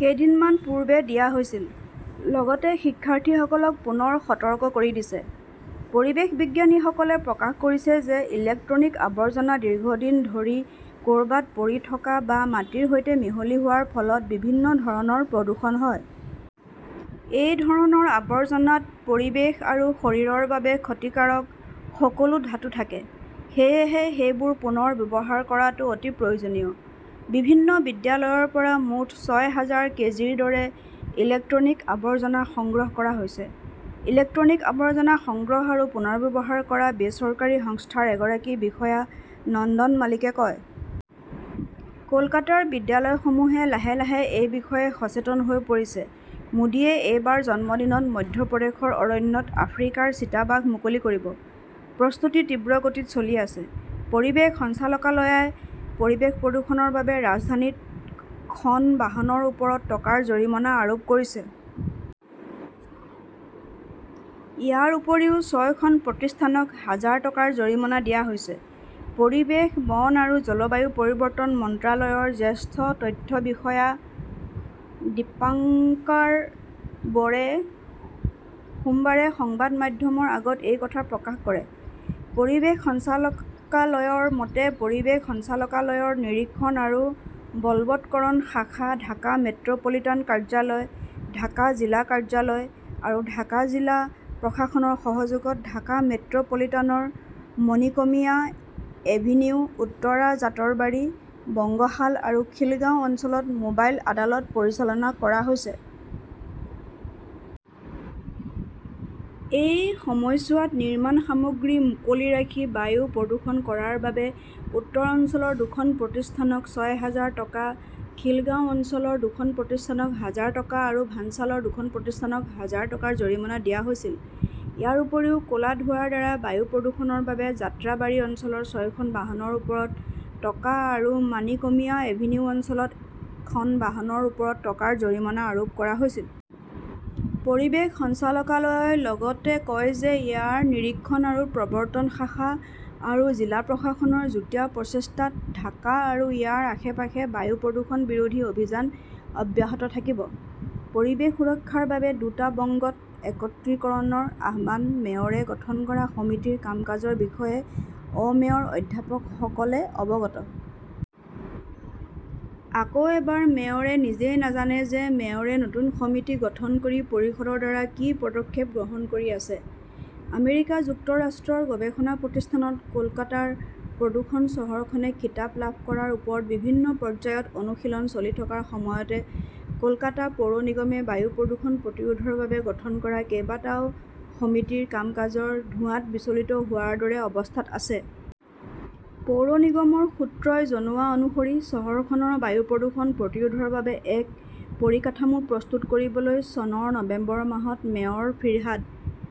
কেইদিনমান পূৰ্বে দিয়া হৈছিল। লগতে শিক্ষাৰ্থীসকলক পুনৰ সতৰ্ক কৰি দিছে। "পৰিৱেশ বিজ্ঞানীসকলে প্ৰকাশ কৰিছে যে ইলেক্ট্ৰনিক আৱৰ্জনা দীৰ্ঘদিন ধৰি ক" ৰবাত পৰি থকা বা মাটিৰ সৈতে মিহলি হোৱাৰ ফলত বিভিন্ন ধৰণৰ প্ৰদূষণ হয়। এই ধৰণৰ আৱৰ্জনাত পৰিৱেশ আৰু শৰীৰৰ বাবে ক্ষতিকাৰক সকলো ধাতু থাকে। সেয়েহে, সেইবোৰ পুনৰ ব্যৱহাৰ কৰাটো অতি প্ৰয়োজনীয়। "বিভিন্ন বিদ্যালয়ৰ পৰা মুঠ ছয় হাজাৰ কেজিৰ দৰে ইলেক্ট্ৰনিক আৱৰ্জনা সংগ্ৰহ কৰা হৈছে", ইলেক্ট্ৰনিক আৱৰ্জনা সংগ্ৰহ আৰু পুনৰ্ব্যৱহাৰ কৰা বেচৰকাৰী সংস্থাৰ এগৰাকী বিষয়া নন্দন মালিকে কয়। কলকাতাৰ বিদ্যালয়সমূহে লাহে লাহে এই বিষয়ে সচেতন হৈ পৰিছে। "। মোদীয়ে এইবাৰ জন্মদিনত মধ্যপ্ৰদেশৰ অৰণ্যত আফ্ৰিকাৰ চিতাবাঘ মুকলি কৰিব! প্ৰস্তুতি তীব্ৰ গতিত চলি আছে। পৰিৱেশ সঞ্চালকালয়ই পৰিৱেশ প্ৰদূষণৰ বাবে ৰাজধানীত খন বাহনৰ ওপৰত টকাৰ জৰিমনা আৰোপ কৰিছে। ইয়াৰ উপৰিও ছয়খন প্ৰতিষ্ঠানক হাজাৰ টকাৰ জৰিমনা দিয়া হৈছে। পৰিৱেশ, বন আৰু জলবায়ু পৰিৱৰ্তন মন্ত্ৰালয়ৰ জ্যেষ্ঠ তথ্য বিষয়া দীপঙ্কাৰ বৰে সোমবাৰে সংবাদ মাধ্যমৰ আগত এই কথা প্ৰকাশ কৰে। পৰিৱেশ সঞ্চালকালয়ৰ মতে, পৰিৱেশ সঞ্চালকালয়ৰ নিৰীক্ষণ আৰু বলৱৎকৰণ শাখা, ঢাকা মেট্ৰ 'পলিটান কাৰ্যালয়, ঢাকা জিলা কাৰ্যালয় আৰু ঢাকা জিলা প্ৰশাসনৰ সহযোগত ঢাকা মেট্ৰ' পলিটানৰ মাণিকমিয়া এভিনিউ, উত্তৰা, জাতৰবাৰী, বংগশাল আৰু খিলগাঁও অঞ্চলত মোবাইল আদালত পৰিচালনা কৰা হৈছে। এই সময়ছোৱাত নিৰ্মাণ সামগ্ৰী মুকলি ৰাখি বায়ু প্ৰদূষণ কৰাৰ বাবে উত্তৰ অঞ্চলৰ দুখন প্ৰতিষ্ঠানক ছয় হাজাৰ টকা, খিলগাঁও অঞ্চলৰ দুখন প্ৰতিষ্ঠানক হাজাৰ টকা আৰু ভাঞ্চালৰ দুখন প্ৰতিষ্ঠানক হাজাৰ টকাৰ জৰিমনা দিয়া হৈছিল। ইয়াৰ উপৰিও, ক 'লা ধোঁৱাৰ দ্বাৰা বায়ু প্ৰদূষণৰ বাবে যাত্ৰাবাৰী অঞ্চলত ছয়খন বাহনৰ ওপৰত টকা আৰু মানিকমিয়া এভিনিউ অঞ্চলত খন বাহনৰ ওপৰত টকাৰ জৰিমনা আৰোপ কৰা হৈছিল। পৰিৱেশ সঞ্চালকালয়ই লগতে কয় যে ইয়াৰ নিৰীক্ষণ আৰু প্ৰবৰ্ত্তন শাখা আৰু জিলা প্ৰশাসনৰ যুটীয়া প্ৰচেষ্টাত ঢাকা আৰু ইয়াৰ আশে-পাশে বায়ু প্ৰদূষণ বিৰোধী অভিযান অব্যাহত থাকিব। পৰিৱেশ সুৰক্ষাৰ বাবে দুটা বংগত একত্ৰীকৰণৰ আহ্বান মেয়ৰে গঠন কৰা সমিতিৰ কাম-কাজৰ বিষয়ে অ-মেয়ৰ অধ্যাপকসকলে অৱগত। আকৌ এবাৰ মেয়ৰে নিজেই নাজানে যে মেয়ৰে নতুন সমিতি গঠন কৰি পৰিষদৰ দ্বাৰা কি পদক্ষেপ গ্ৰহণ কৰি আছে! আমেৰিকা যুক্তৰাষ্ট্ৰৰ গৱেষণা প্ৰতিষ্ঠানত কলকাতাৰ প্ৰদূষণ-চহৰখনে 'খিতাপ "লাভ কৰাৰ ওপৰত বিভিন্ন পৰ্যায়ত অনুশীলন চলি থকাৰ সময়তে, কলকাতা পৌৰ নিগমে বায়ু প্ৰদূষণ প্ৰতিৰোধৰ বাবে গঠন কৰা কেইবাটাও সমিতিৰ কাম-কাজৰ' ধোঁৱাত" বিচলিত হোৱাৰ দৰে অৱস্থাত আছে! পৌৰ নিগমৰ সূত্ৰই জনোৱা অনুসৰি, চহৰখনৰ বায়ু প্ৰদূষণ প্ৰতিৰোধৰ বাবে এক পৰিকাঠামো প্ৰস্তুত কৰিবলৈ চনৰ নৱেম্বৰ মাহত মেয়ৰ ফিৰহাদ